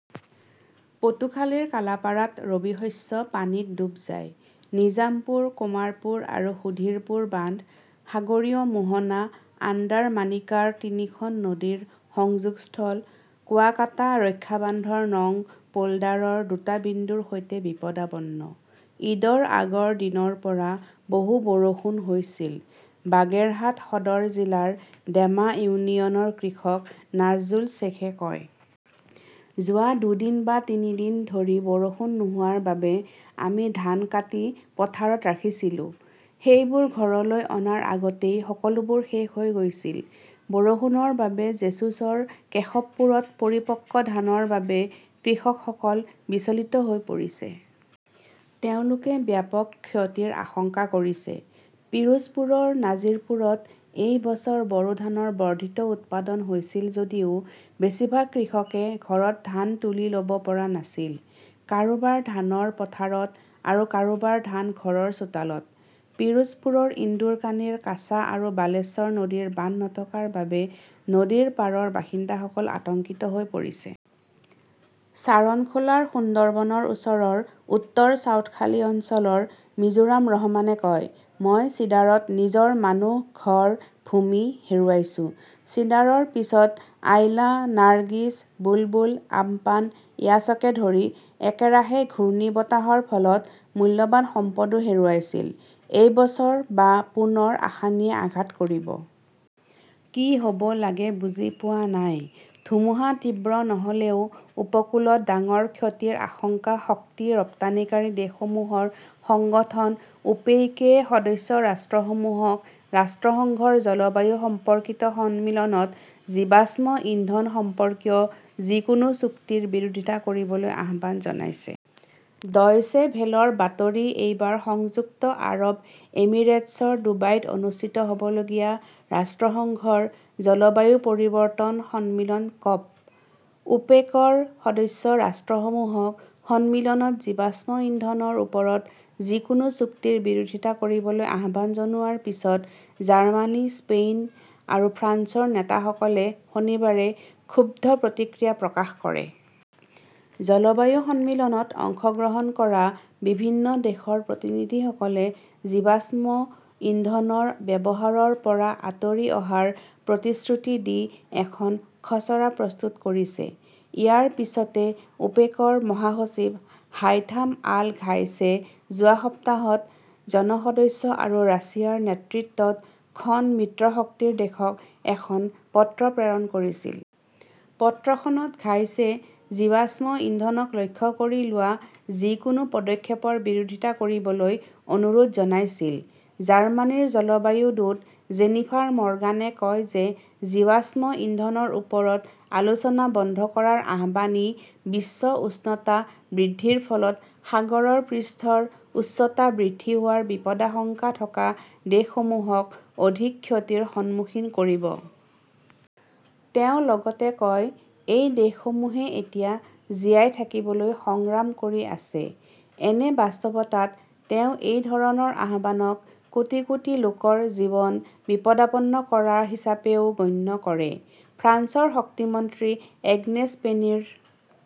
পটুখালিৰ কালাপাড়াত ৰবি শস্য পানীত ডুব যায়। নিজামপুৰ, কোমাৰপুৰ আৰু সুধীৰপুৰ বান্ধ, সাগৰীয় মোহনা আণ্ডাৰমানিকাৰ তিনিখন নদীৰ সংযোগস্থল, কুৱাকাটা ৰক্ষা বান্ধৰ নং পোল্ডাৰৰ দুটা বিন্দুৰ সৈতে বিপদাপন্ন। "ঈদৰ আগৰ দিনৰ পৰা বহু বৰষুণ হৈছিল", বাগেৰহাট সদৰ জিলাৰ ডেমা ইউনিয়নৰ কৃষক নাজজুল শ্বেখে কয়। যোৱা দুদিন বা তিনি দিন ধৰি বৰষুণ নোহোৱাৰ বাবে আমি ধান কাটি পথাৰত ৰাখিছিলোঁ। সেইবোৰ ঘৰলৈ অনাৰ আগতেই সকলোবোৰ শেষ হৈ গৈছিল। "বৰষুণৰ বাবে জেছুৰৰ কেশৱপুৰত পৰিপক্ক ধানৰ বাবে কৃষকসকল বিচলিত হৈ পৰিছে। তেওঁলোকে ব্যাপক ক্ষতিৰ আশংকা কৰিছে। পিৰোজপুৰৰ নাজিৰপুৰত এই বছৰ বৰো ধানৰ বৰ্ধিত উৎপাদন হৈছিল যদিও বেছিভাগ কৃষকে ঘৰত ধান তুলি ল "ব পৰা নাছিল। কাৰোবাৰ ধানৰ পথাৰত, আৰু কাৰোবাৰ ধান ঘৰৰ চোতালত। পিৰোজপুৰৰ ইন্দুৰকানীৰ কাচা আৰু বালেশ্বৰ নদীৰ বান্ধ নথকাৰ বাবে নদীৰ পাৰৰ বাসিন্দাসকল আতংকিত হৈ পৰিছে। ছাৰণখোলাৰ সুন্দৰবনৰ ওচৰৰ উত্তৰ চাউথখালী অঞ্চলৰ মিজোৰাম ৰহমানে কয়, "মই চিডাৰত নিজৰ মানুহ, ঘৰ, ভূমি হেৰুৱাইছো। চিডাৰৰ পিছত আইলা, নাৰ্গিছ, বুলবুল, আম্পান, ইয়াছকে ধৰি একেৰাহে ঘূৰ্ণীবতাহৰ ফলত মূল্যৱান সম্পদও হেৰুৱাইছিল। এই বছৰ বা পুনৰ আসানীয়ে আঘাত কৰিব। কি হ "ব লাগে বুজি পোৱা নাই। '। ধুমুহা তীব্ৰ নহ "লেও উপকূলত ডাঙৰ ক্ষতিৰ আশংকা শক্তি ৰপ্তানিকাৰী দেশসমূহৰ সংগঠন ওপেইকে সদস্য ৰাষ্ট্ৰসমূহক ৰাষ্ট্ৰসংঘৰ জলবায়ু সম্পৰ্কীয় সন্মিলনত জীৱাশ্ম ইন্ধন সম্পৰ্কীয় যিকোনো চুক্তিৰ বিৰোধিতা কৰিবলৈ আহ্বান জনাইছে। ডয়চে ভেলৰ বাতৰি এইবাৰ সংযুক্ত আৰৱ এমিৰেটছৰ ডুবাইত অনুষ্ঠিত হ "বলগীয়া ৰাষ্ট্ৰসংঘৰ জলবায়ু পৰিৱৰ্তন সন্মিলন কপ-। ওপেকৰ সদস্য ৰাষ্ট্ৰসমূহক সন্মিলনত জীৱাশ্ম ইন্ধনৰ ওপৰত যিকোনো চুক্তিৰ বিৰোধিতা কৰিবলৈ আহ্বান জনোৱাৰ পিছত, জাৰ্মানী, স্পেইন আৰু ফ্ৰান্সৰ নেতাসকলে শনিবাৰে ক্ষুব্ধ প্ৰতিক্ৰিয়া প্ৰকাশ কৰে। জলবায়ু সন্মিলনত অংশগ্ৰহণ কৰা বিভিন্ন দেশৰ প্ৰতিনিধিসকলে জীৱাশ্ম ইন্ধনৰ ব্যৱহাৰৰ পৰা আঁতৰি অহাৰ প্ৰতিশ্ৰুতি দি এখন খচৰা প্ৰস্তুত কৰিছে। ইয়াৰ পিছতে ওপেকৰ মহাসচিব হাইথাম আল ঘাইছে যোৱা সপ্তাহত জন সদস্য আৰু ৰাছিয়াৰ নেতৃত্বত খন মিত্ৰশক্তিৰ দেশক এখন পত্ৰ প্ৰেৰণ কৰিছিল। পত্ৰখনত ঘাইছে 'জীৱাশ্ম ইন্ধনক লক্ষ্য কৰি লোৱা যিকোনো পদক্ষেপৰ বিৰোধিতা কৰিবলৈ "অনুৰোধ জনাইছিল। জাৰ্মানীৰ জলবায়ু দূত জেনিফাৰ মৰ্গানে কয় যে জীৱাশ্ম ইন্ধনৰ ওপৰত আলোচনা বন্ধ কৰাৰ আহ্বানই বিশ্ব উষ্ণতা বৃদ্ধিৰ ফলত সাগৰৰ পৃষ্ঠৰ উচ্চতা বৃদ্ধি হোৱাৰ বিপদাশংকা থকা দেশসমূহক অধিক ক্ষতিৰ সন্মুখীন কৰিব। তেওঁ লগতে কয়, "এই দেশসমূহে এতিয়া জীয়াই থাকিবলৈ সংগ্ৰাম কৰি আছে। "এনে বাস্তৱতাত, তেওঁ এই ধৰণৰ আহ্বানক কোটি কোটি লোকৰ জীৱন বিপদাপন্ন কৰা হিচাপেও গণ্য কৰে। ফ্ৰান্সৰ শক্তি মন্ত্ৰী এগ্নেছ পেনিৰ